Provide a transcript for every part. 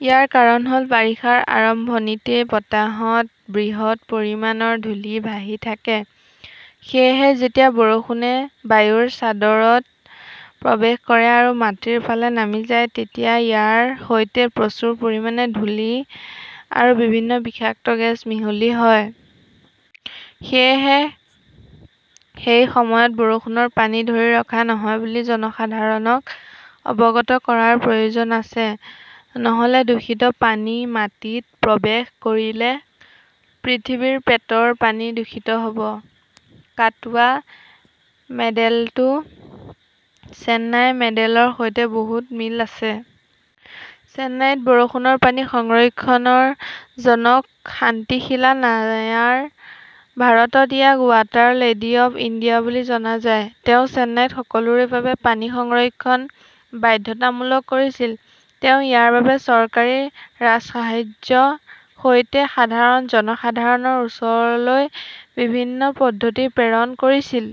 ইয়াৰ কাৰণ হ'ল, বাৰিষাৰ আৰম্ভণিতে বতাহত বৃহৎ পৰিমাণৰ ধূলি ভাহি থাকে। সেয়েহে যেতিয়া বৰষুণে বায়ুৰ চাদৰত প্ৰৱেশ কৰে আৰু মাটিৰ ফালে নামি যায়, তেতিয়া ইয়াৰ সৈতে প্ৰচুৰ পৰিমাণে ধূলি আৰু বিভিন্ন বিষাক্ত গেছ মিহলি হয়। সেয়েহে সেই সময়ত বৰষুণৰ পানী ধৰি ৰখা নহয় বুলি জনসাধাৰণক অৱগত কৰাৰ প্ৰয়োজন আছে। নহ'লে দূষিত পানী মাটিত প্ৰৱেশ কৰিলে পৃথিৱীৰ পেটৰ পানী দূষিত হ'ব। কাটৱা মডেলটো চেন্নাই মডেলৰ সৈতে বহুত মিল আছে। চেন্নাইত বৰষুণৰ পানী সংৰক্ষণৰ জনক শান্তিশিলা নায়াৰ। ভাৰতত ইয়াক ৱাটাৰ লেডী অৱ ইণ্ডিয়া বুলি জনা যায়। তেওঁ চেন্নাইত সকলোৰে বাবে পানী সংৰক্ষণ বাধ্যতামূলক কৰিছিল। তেওঁ ইয়াৰ বাবে চৰকাৰী 'ৰাজসাহায্য"ৰ সৈতে সাধাৰণ জনসাধাৰণৰ ওচৰলৈ বিভিন্ন পদ্ধতি প্ৰেৰণ কৰিছিল।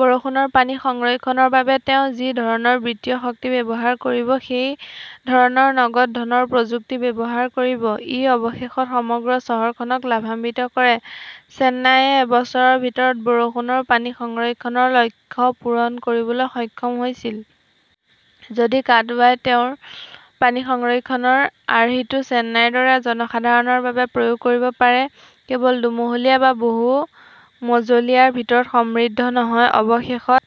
বৰষুণৰ পানী সংৰক্ষণৰ বাবে তেওঁ যি ধৰণৰ বিত্তীয় শক্তি ব্যৱহাৰ কৰিব, সেই ধৰণৰ নগদ ধনৰ প্ৰযুক্তি ব্যৱহাৰ কৰিব। ই অৱশেষত সমগ্ৰ চহৰখনক লাভান্বিত কৰে। চেন্নাইয়ে এবছৰৰ ভিতৰত বৰষুণৰ পানী সংৰক্ষণৰ লক্ষ্য পূৰণ কৰিবলৈ সক্ষম হৈছিল। যদি কাটৱাই তেওঁৰ পানী সংৰক্ষণৰ আৰ্হিটো চেন্নাইৰ দৰে জনসাধাৰণৰ বাবে প্ৰয়োগ কৰিব পাৰে, কেৱল দুমহলীয়া বা বহু-মজলীয়াৰ ভিতৰত সীমাবদ্ধ নহয়, অৱশেষত,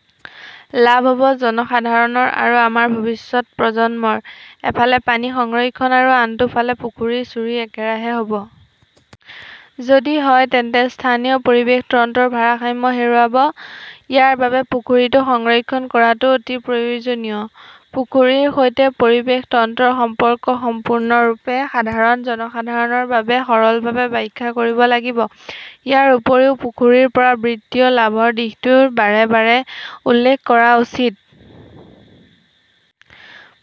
লাভ হ'ব জনসাধাৰণৰ আৰু আমাৰ ভৱিষ্যতৰ প্ৰজন্মৰ। এফালে পানী সংৰক্ষণ আৰু আনটো ফালে, পুখুৰী চুৰি একেৰাহে হ'ব। যদি হয়, তেন্তে স্থানীয় পৰিৱেশ তন্ত্ৰৰ ভাৰসাম্য হেৰুৱাব। ইয়াৰ বাবে পুখুৰীটো সংৰক্ষণ কৰাটো অতি প্ৰয়োজনীয়। পুখুৰীৰ সৈতে পৰিৱেশ তন্ত্ৰৰ সম্পৰ্ক সম্পূৰ্ণৰূপে সাধাৰণ জনসাধাৰণৰ বাবে সৰলভাৱে ব্যাখ্যা কৰিব লাগিব। ইয়াৰ উপৰিও, পুখুৰীৰ পৰা বিত্তীয় লাভৰ দিশটোও বাৰে বাৰে উল্লেখ কৰা উচিত।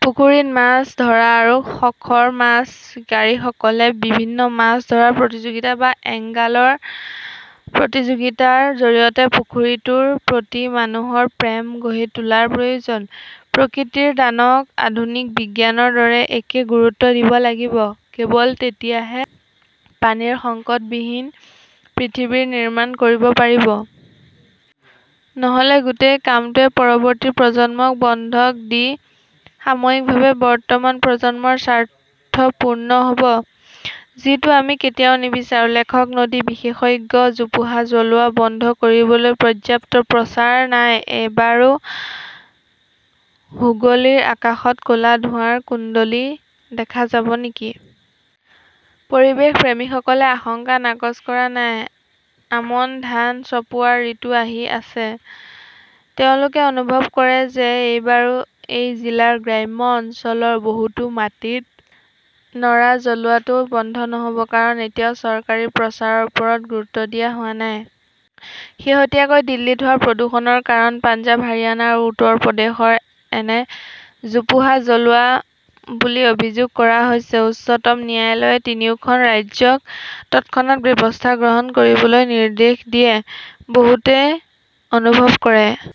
পুখুৰীত মাছ ধৰা আৰু শখৰ মাছ চিকাৰীসকলে বিভিন্ন মাছ ধৰা প্ৰতিযোগিতা বা "এঙ্গলাৰ প্ৰতিযোগিতা"ৰ জৰিয়তে পুখুৰীটোৰ প্ৰতি মানুহৰ প্ৰেম গঢ়ি তোলাৰ প্ৰয়োজন। প্ৰকৃতিৰ দানক আধুনিক বিজ্ঞানৰ দৰে একে গুৰুত্ব দিব লাগিব। কেৱল তেতিয়াহে পানীৰ সংকটবিহীন পৃথিৱী নিৰ্মাণ কৰিব পাৰি। নহ'লে গোটেই কামটোৱেই পৰৱৰ্তী প্ৰজন্মক বন্ধক দি সাময়িকভাৱে বৰ্তমান প্ৰজন্মৰ স্বাৰ্থপূৰ্ণ হ'ব। যিটো আমি কেতিয়াও নিবিচাৰো। লেখক নদী বিশেষজ্ঞ। জোপোহা জ্বলোৱা বন্ধ কৰিবলৈ পৰ্যাপ্ত প্ৰচাৰ নাই এইবাৰো হুগলীৰ আকাশত ক'লা ধোঁৱাৰ কুণ্ডলী দেখা যাব নেকি? পৰিৱেশপ্ৰেমীসকলে আশংকা নাকচ কৰা নাই। আমন ধান চপোৱাৰ ঋতু আহি আছে। তেওঁলোকে অনুভৱ কৰে যে এইবাৰো এই জিলাৰ গ্ৰাম্য অঞ্চলৰ বহুতো মাটিত ন'ৰা জ্বলোৱাটো বন্ধ নহ'ব। কাৰণ, এতিয়াও চৰকাৰী প্ৰচাৰৰ ওপৰত গুৰুত্ব দিয়া হোৱা নাই। শেহতীয়াকৈ দিল্লীত হোৱা প্ৰদূষণৰ কাৰণ পঞ্জাৱ, হাৰিয়ানা আৰু উত্তৰ প্ৰদেশৰ এনে জোপোহা জ্বলোৱা বুলি অভিযোগ কৰা হৈছে। উচ্চতম ন্যায়ালয়ে তিনিওখন ৰাজ্যক তৎক্ষণাত ব্যৱস্থা গ্ৰহণ কৰিবলৈ নিৰ্দেশ দিয়ে। বহুতে অনুভৱ কৰে।